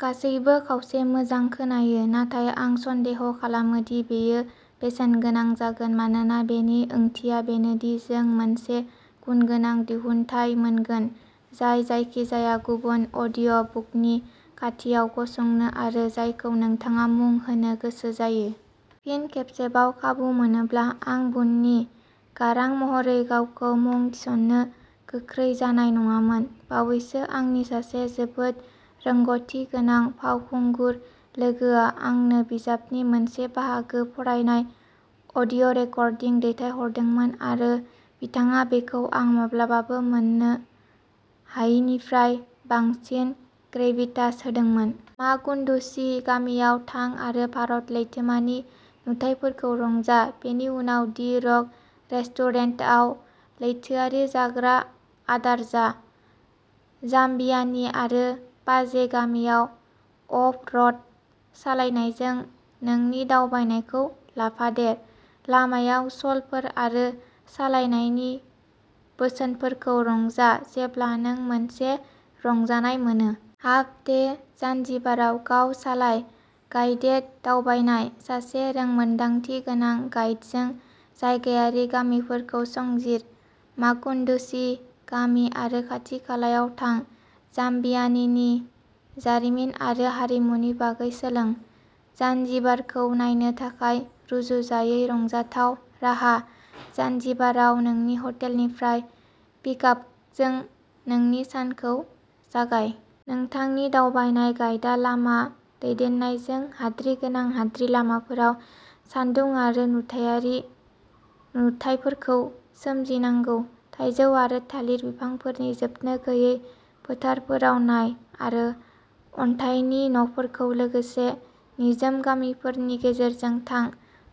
गासैबो खावसे मोजां खोनायो। नाथाय आं सन्देह खालामो दि बेयो बेसेनगोनां जागोन, मानोना बेनि ओंथिया बेनो दि जों मोनसे गुनगोनां दिहुनथाय मोनगोन जाय जायखिजाया गुबुन अडिअ'बुकनि खाथियाव गसंनो हायो जायखौ नोंथाङा मुं होनो गोसो जायो। फिन खेबसेबाव खाबु मोनोब्ला, आं बुन्नि गारां महरै गावखौ मुं थिसन्नो गोख्रै जानाय नङामोन। बावैसो आंनि सासे जोबोद रोंग'थिगोनां फावखुंगुर लोगोआ आंनो बिजाबनि मोनसे बाहागो फरायनाय अडिअ'रेकर्डिं दैथायहरदोंमोन, आरो बिथाङा बेखौ आं माब्लाबाबो मोननो हायैनिफ्राय बांसिन ग्रेभिटास होदोंमोन। माकुन्डुचि गामियाव थां आरो भारत लैथोमानि नुथायफोरखौ रंजा, बेनि उनाव दि रक रेस्टुरेन्टआव लैथोआरि जाग्रा आदार जा। जाम्बियानि आरो पाजे गामियाव अफ-र'ड सालायनायजों नोंनि दावबायनायखौ लाफादेर। लामायाव सल'फोर आरो सालायनायनि बोसोनफोरखौ रंजा जेब्ला नों मोनसे रंजानाय मोनो। हाफ डे, जानजिबाराव गाव-सालाय गाइडेड दावबायनाय। सासे रोंमोन्दांथि गोनां गाइडजों जायगायारि गामिफोरखौ संजिर। माकुन्डुचि गामि आरो खाथिखालायाव थां। जाम्बियानिनि जारिमिन आरो हारिमुनि बागै सोलों। जानजिबारखौ नायनो थाखाय रुजुजायै, रंजाथाव राहा। जानजिबाराव नोंनि हटेलनिफ्राय पिकआपजों नोंनि सानखौ जागाय। नोंथांनि दावबायनाय गाइदा लामा दैदेननायजों, हाद्रि गोनां हाद्रि लामाफोराव सानदुं आरो नुथायारि नुथायफोरखौ सोमजिनांगौ। थाइजौ आरो थालिर बिफांफोरनि जोबनो गैयै फोथारफोराव नाय, आरो अन्थाइनि न'फोरजों लोगोसे निजोम गामिफोरनि गेजेरजों थां,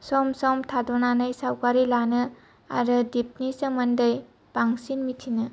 सम-सम थाद'नानै सावगारि लानो आरो दिपनि सोमोन्दै बांसिन मिथिनो।